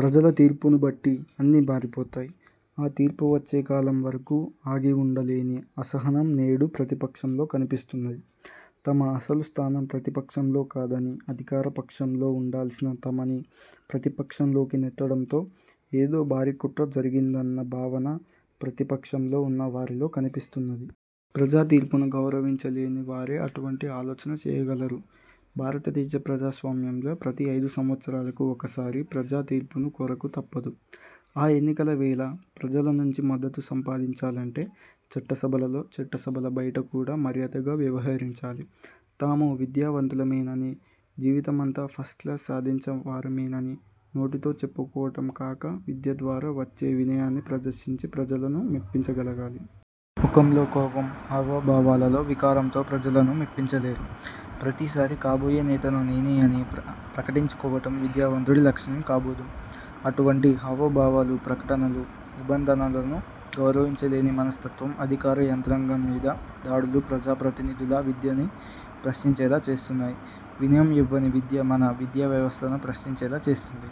ప్రజల తీర్పును బట్టి అన్నీ మారిపోతాయి. ఆ తీర్పు వచ్చే కాలం వరకు ఆగి వుండలేని అసహనం నేడు ప్రతిపక్షంలో కనిపిస్తున్నది. తమ అసలు స్థానం ప్రతిపక్షంలో కాదని అధికార పక్షంలో వుండాల్సిన తమని ప్రతిపక్షంలోకి నెట్టడంలో ఏదో భారీ కుట్ర జరిగిందన్న భావన ప్రతిపక్షంలో ఉన్న వారిలో కనిపిస్తున్నది. ప్రజా తీర్పుని గౌరవించలేని వారే అటువంటి ఆలోచన చెయ్యగలరు. భారతదేశ ప్రజాస్వామ్యంలో ప్రతి ఐదు సంవత్సరాలకు ఒకసారి ప్రజా తీర్పును కోరక తప్పదు. ఆ ఎన్నికల వేళ ప్రజల నుంచి మద్దతు సంపాదించాలంటే చట్టసభలలో, చట్టసభల బయట కూడా మర్యాదగా వ్యవహరించాలి. తాము విద్యావంతులమేనని, జీవితమంతా ఫస్ట్క్లాస్ సాధించిన వారిమేనని నోటితో చెప్పుకోవటం కాక, విద్య ద్వారా వచ్చే వినయాన్ని ప్రదర్శించి, ప్రజలను మెప్పించగలగాలి. ముఖంలో కోపం, హావభావాలలో వికారంతో ప్రజలను మెప్పించలేరు. ప్రతిసారి కాబోయే నేతను నేనే అని ప్రకటించుకోవటం విద్యావంతుడి లక్షణం కాబోదు. అటువంటి హావభావాలు, ప్రకటనలు, నిబంధనలను గౌరవించలేని మనస్తత్వం, అధికార యంత్రాంగం మీద దాడులు ప్రజాప్రతినిధుల విద్యని ప్రశ్నించేలా చేస్తున్నాయి. వినయం యివ్వని విద్య మన విద్యావ్యవస్థను ప్రశ్నించేలా చేస్తుంది.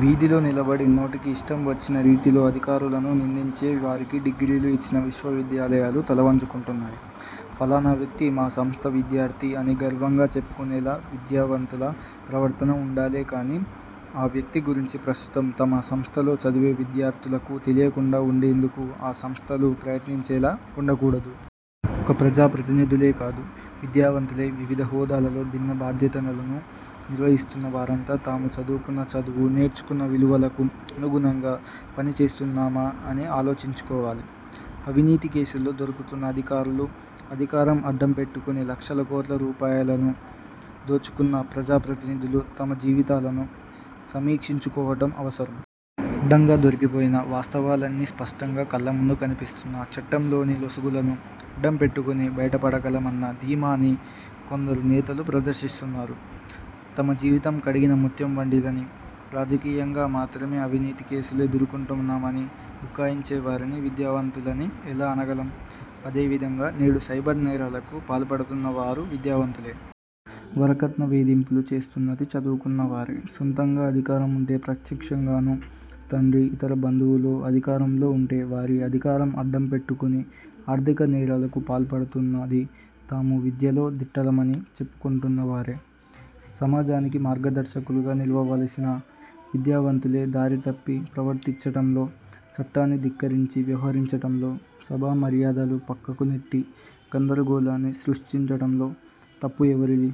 వీధిలో నిలబడి నోటికి యిష్టం వచ్చిన రీతిలో అధికారులను నిందించే వారికి డిగ్రీలు ఇచ్చిన విశ్వవిద్యాలయాలు తలవంచుకుంటున్నాయి. ఫలానా వ్యక్తి మా సంస్థ విద్యార్థి అని గర్వంగా చెప్పుకునేలా విద్యావంతుల ప్రవర్తన వుండాలే కానీ ఆ వ్యక్తి గురించి ప్రస్తుతం తమ సంస్థలో చదివే విద్యార్థులకు తెలియకుండా వుండేందుకు ఆ సంస్థలు ప్రయత్నించేలా వుండకూడదు. ఒక ప్రజాప్రతినిధులే కాదు విద్యావంతులై, వివిధ హోదాలలో భిన్న బాధ్యతలను నిర్వహిస్తున్న వారంతా తాము చదువుకున్న చదువుకు, నేర్చుకున్న విలువలకు అనుగుణంగా పనిచేస్తున్నామా అని ఆలోచించుకోవాలి. అవినీతి కేసుల్లో దొరుకుతున్న అధికారులు, అధికారం అడ్డం పెట్టుకుని లక్షల కోట్ల రూపాయలను దోచుకున్న ప్రజాప్రతినిధులు తమ జీవితాలను సమీక్షించుకోవటం అవసరం. అడ్డంగా దొరికిపోయినా, వాస్తవాలన్నీ స్పష్టంగా కళ్ళముందు కనిపిస్తున్నా చట్టంలోని లొసుగులను అడ్డం పెట్టుకుని బయటపడగలమన్న ధీమాని కొందరు నేతలు ప్రదర్శిస్తున్నారు. తమ జీవితం కడిగిన ముత్యం వంటిదని, రాజకీయంగా మాత్రమే అవినీతి కేసులు ఎదుర్కొంటున్నామని బుకాయించే వారిని విద్యావంతులని ఎలా అనగలం! అదేవిధంగా నేడు సైబర్ నేరాలకు పాల్పడుతున్న వారు విద్యావంతులే. వరకట్న వేధింపులు చేస్తున్నది చదువుకున్న వారే. సొంతగా అధికారం ఉంటే ప్రత్యక్షంగానూ, తండ్రి, ఇతర బంధువులో అధికారంలో ఉంటే వారి అధికారం అడ్డం పెట్టుకుని ఆర్థిక నేరాలకు పాల్పడుతున్నది తాము విద్యలో దిట్టలమని చెప్పుకుంటున్నవారే. సమాజానికి మార్గదర్శకులుగా నిలవవలసిన విద్యావంతులే దారితప్పి ప్రవర్తించటంలో, చట్టాన్ని ధిక్కరించి వ్యవహరించటంలో, సభా మర్యాదలు పక్కకునెట్టి గందరగోళాన్ని సృష్టించటంలో తప్పు ఎవరిది?